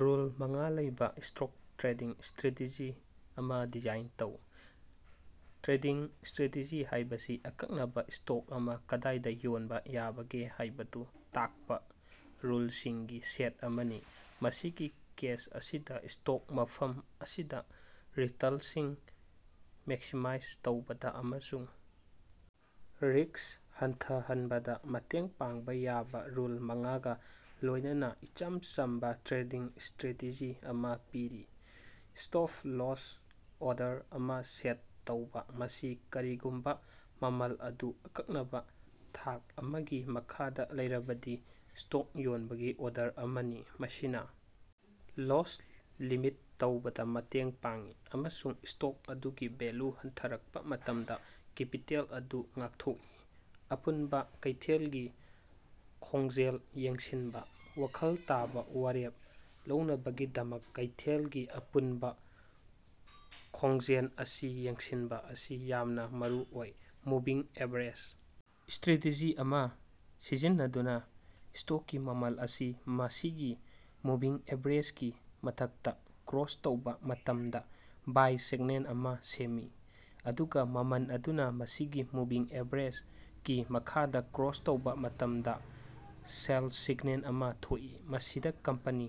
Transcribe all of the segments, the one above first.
Rule ꯃꯉꯥ ꯂꯩꯕꯥ stock trading strategy ꯑꯃꯥ ꯗꯤꯖꯥꯏꯟ ꯇꯧ꯫ ꯇ꯭ꯔꯦꯗꯤꯡ ꯁ꯭ꯇꯔꯦꯇꯦꯖꯤ ꯍꯥꯏꯕꯁꯤ ꯑꯀꯛꯅꯕꯥ ꯁ꯭ꯇꯣꯛ ꯑꯃꯥ ꯀꯗꯥꯏꯗꯥ ꯌꯣꯟꯕꯥ ꯌꯥꯕꯒꯦ ꯍꯥꯏꯕꯗꯨ ꯇꯥꯛꯄꯥ ꯔꯨꯜꯁꯤꯡꯒꯤ ꯁꯦꯠ ꯑꯃꯅꯤ, ꯃꯁꯤꯒꯤ ꯀꯦꯁ ꯑꯁꯤꯗꯥ, ꯁ꯭ꯇꯣꯛ ꯃꯐꯝ ꯑꯁꯤꯗꯥ ꯔꯤꯇꯜꯁꯤꯡ ꯃꯦꯛꯁꯤꯃꯥꯏꯖ ꯇꯧꯕꯗꯥ ꯑꯃꯁꯨꯡ ꯔꯤꯛꯁ ꯍꯟꯊꯍꯟꯕꯗꯥ ꯃꯇꯦꯡ ꯄꯥꯡꯕꯥ ꯌꯥꯕꯥ ꯔꯨꯜ ꯃꯉꯥꯒꯥ ꯂꯣꯏꯅꯅꯥ ꯏꯆꯝ ꯆꯝꯕꯥ ꯇ꯭ꯔꯦꯗꯤꯡ ꯁ꯭ꯇꯔꯦꯇꯦꯖꯤ ꯑꯃꯥ ꯄꯤꯔꯤ꯫ ꯁ꯭ꯇꯞ-ꯂꯣꯁ ꯑꯣꯔꯗꯔ ꯑꯃꯥ ꯁꯦꯠ ꯇꯧꯕꯥ: ꯃꯁꯤ ꯀꯔꯤꯒꯨꯝꯕꯥ ꯃꯃꯜ ꯑꯗꯨ ꯑꯀꯛꯅꯕꯥ ꯊꯥꯛ ꯑꯃꯒꯤ ꯃꯈꯥꯗꯥ ꯂꯩꯔꯕꯗꯤ ꯁ꯭ꯇꯣꯛ ꯌꯣꯟꯕꯥꯒꯤ ꯑꯣꯔꯗꯔ ꯑꯃꯅꯤ꯫ ꯃꯁꯤꯅꯥ ꯂꯣꯁ ꯂꯤꯃꯤꯠ ꯇꯧꯕꯗꯥ ꯃꯇꯦꯡ ꯄꯥꯡꯏ ꯑꯃꯁꯨꯡ ꯁ꯭ꯇꯣꯛ ꯑꯗꯨꯒꯤ ꯚꯦꯜꯂꯨ ꯍꯟꯊꯔꯛꯄꯥ ꯃꯇꯝꯗꯥ ꯀꯦꯄꯤꯇꯦꯜ ꯑꯗꯨ ꯉꯥꯛꯊꯣꯛꯏ꯫ ꯑꯄꯨꯟꯕꯥ ꯀꯩꯊꯦꯜꯒꯤ ꯈꯣꯡꯖꯦꯜ ꯌꯦꯡꯁꯤꯟꯕꯥ: ꯋꯥꯈꯜ ꯇꯥꯕꯥ ꯋꯥꯔꯦꯞ ꯂꯧꯅꯕꯒꯤꯗꯃꯛ ꯀꯩꯊꯦꯜ ꯒꯤ ꯑꯄꯨꯟꯕꯥ ꯈꯣꯡꯖꯦꯜ ꯑꯁꯤ ꯌꯦꯡꯁꯤꯟꯕꯥ ꯑꯁꯤ ꯌꯥꯝꯅꯥ ꯃꯔꯨꯑꯣꯏ꯫ ꯃꯨꯚꯤꯡ ꯑꯦꯚꯔꯦꯖ ꯁ꯭ꯇꯔꯦꯇꯦꯖꯤ ꯑꯃꯥ ꯁꯤꯖꯤꯟꯅꯗꯨꯅꯥ ꯁ꯭ꯇꯣꯛꯀꯤ ꯃꯃꯜ ꯑꯁꯤ ꯃꯁꯤꯒꯤ ꯃꯨꯚꯤꯡ ꯑꯦꯚꯔꯦꯖꯒꯤ ꯃꯊꯛꯇꯥ ꯀ꯭ꯔꯣꯁ ꯇꯧꯕꯥ ꯃꯇꯝꯗꯥ ꯕꯥꯏ ꯁꯤꯛꯅꯦꯜ ꯑꯃꯥ ꯁꯦꯝꯃꯤ, ꯑꯗꯨꯒꯥ ꯃꯃꯜ ꯑꯗꯨꯅꯥ ꯃꯁꯤꯒꯤ ꯃꯨꯚꯤꯡ ꯑꯦꯚꯔꯦꯖꯒꯤ ꯃꯈꯥꯗꯥ ꯀ꯭ꯔꯣꯁ ꯇꯧꯕꯥ ꯃꯇꯝꯗꯥ ꯁꯦꯜ ꯁꯤꯛꯅꯦꯜ ꯑꯃꯥ ꯊꯣꯛꯏ꯫ ꯃꯁꯤꯗꯥ ꯀꯝꯄꯦꯅꯤ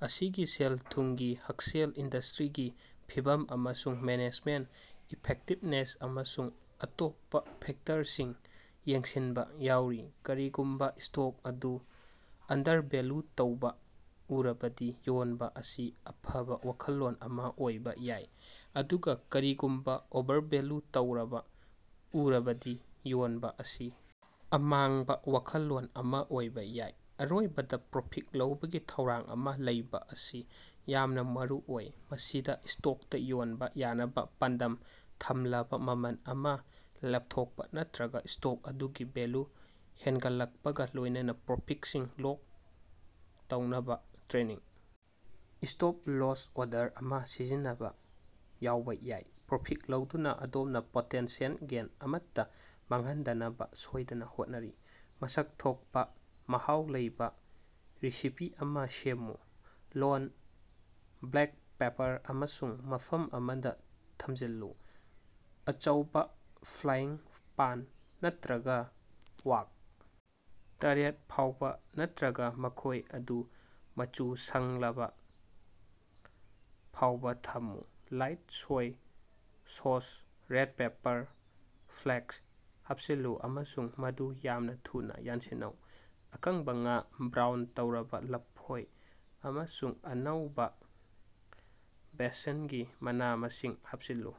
ꯑꯁꯤꯒꯤ ꯁꯦꯜ-ꯊꯨꯝꯒꯤ ꯍꯛꯁꯦꯜ, ꯏꯟꯗꯁꯇ꯭ꯔꯤꯒꯤ ꯐꯤꯚꯝ ꯑꯃꯁꯨꯡ ꯃꯦꯅꯦꯖꯃꯦꯟꯇ ꯏꯐꯦꯛꯇꯤꯕꯅꯦꯁ, ꯑꯃꯁꯨꯡ ꯑꯇꯣꯞꯄꯥ ꯐꯦꯛꯇꯔꯁꯤꯡ ꯌꯦꯡꯁꯤꯟꯕꯥ ꯌꯥꯎꯔꯤ꯫ ꯀꯔꯤꯒꯨꯝꯕꯥ ꯁ꯭ꯇꯣꯛ ꯑꯗꯨ ꯑꯟꯗꯔꯚꯦꯂꯨ ꯇꯧꯕꯥ ꯎꯔꯕꯗꯤ ꯌꯣꯟꯕꯥ ꯑꯁꯤ ꯑꯐꯕꯥ ꯋꯥꯈꯜꯂꯣꯟ ꯑꯃꯥ ꯑꯣꯏꯕꯥ ꯌꯥꯏ, ꯑꯗꯨꯒꯥ ꯀꯔꯤꯒꯨꯝꯕꯥ ꯑꯣꯚꯔꯚꯦꯂꯨ ꯇꯧꯔꯕꯥ ꯎꯔꯕꯗꯤ ꯌꯣꯟꯕꯥ ꯑꯁꯤ ꯑꯃꯥꯡꯕ ꯋꯥꯈꯜꯂꯣꯟ ꯑꯃꯥ ꯑꯣꯏꯕꯥ ꯌꯥꯏ꯫ ꯑꯔꯣꯏꯕꯗꯥ, ꯄ꯭ꯔꯣꯐꯤꯠ ꯂꯧꯕꯒꯤ ꯊꯧꯔꯥꯡ ꯑꯃꯥ ꯂꯩꯕꯥ ꯑꯁꯤ ꯌꯥꯝꯅꯥ ꯃꯔꯨꯑꯣꯏ꯫ ꯃꯁꯤꯗꯥ ꯁ꯭ꯇꯣꯛꯇꯥ ꯌꯣꯟꯕꯥ ꯌꯥꯅꯕꯥ ꯄꯥꯟꯗꯝ ꯊꯝꯂꯕꯥ ꯃꯃꯜ ꯑꯃꯥ ꯂꯦꯞꯊꯣꯛꯄꯥ, ꯅꯠꯇ꯭ꯔꯒꯥ ꯁ꯭ꯇꯣꯛ ꯑꯗꯨꯒꯤ ꯚꯦꯂꯨ ꯍꯦꯟꯒꯠꯂꯛꯄꯒꯥ ꯂꯣꯏꯅꯅꯥ ꯄ꯭ꯔꯣꯐꯤꯠꯁꯤꯡ ꯂꯣꯛ ꯇꯧꯅꯕꯥ ꯇ꯭ꯔꯦꯅꯤꯡ ꯁ꯭ꯇꯞ-ꯂꯣꯁ ꯑꯣꯔꯗꯔ ꯑꯃꯥ ꯁꯤꯖꯤꯟꯅꯕꯥ ꯌꯥꯎꯕꯥ ꯌꯥꯏ꯫ ꯄ꯭ꯔꯣꯐꯤꯠ ꯂꯧꯗꯨꯅꯥ ꯑꯗꯣꯝꯅꯥ ꯄꯣꯇꯦꯟꯁꯤꯌꯦꯜ ꯒꯦꯏꯟ ꯑꯃꯠꯇꯥ ꯃꯥꯡꯍꯟꯗꯅꯕꯥ ꯁꯣꯏꯗꯅꯥ ꯍꯣꯠꯅꯔꯤ꯫ ꯃꯁꯛ ꯊꯣꯛꯄꯥ ꯃꯍꯥꯎ ꯂꯩꯕꯥ ꯔꯦꯁꯤꯄꯤ ꯑꯃꯥ ꯁꯦꯝꯃꯨ꯫ ꯂꯣꯟ, ꯕ꯭ꯂꯦꯛ ꯄꯦꯄꯔ ꯑꯃꯁꯨꯡ ꯃꯐꯝ ꯑꯃꯗꯥ ꯊꯝꯖꯤꯜꯂꯨ꯫ ꯑꯆꯧꯕꯥ ꯐ꯭ꯔꯥꯏꯌꯤꯡꯄꯥꯟ ꯅꯠꯇ꯭ꯔꯒꯥ ꯋꯥꯛ ꯇꯔꯦꯠ ꯐꯥꯎꯕꯥ ꯅꯠꯇ꯭ꯔꯒꯥ ꯃꯈꯣꯏꯗꯨ ꯃꯆꯨ ꯁꯪꯂꯕꯥ ꯐꯥꯎꯕꯥ ꯊꯝꯃꯨ꯫ Light soy sauce, red pepper flake ꯍꯥꯞꯆꯤꯜꯂꯨ ꯑꯃꯁꯨꯡ ꯃꯗꯨ ꯌꯥꯝꯅꯥ ꯊꯨꯅꯥ ꯌꯥꯟꯁꯤꯟꯅꯧ꯫ ꯑꯀꯪꯕꯥ ꯉꯥ, ꯕ꯭ꯔꯥꯎꯟ ꯇꯧꯔꯕꯥ ꯂꯐꯣꯏ ꯑꯃꯁꯨꯡ ꯑꯅꯧꯕꯥ ꯕꯦꯁꯤꯜꯒꯤ ꯃꯅꯥ-ꯃꯁꯤꯡ ꯍꯥꯞꯆꯤꯜꯂꯨ꯫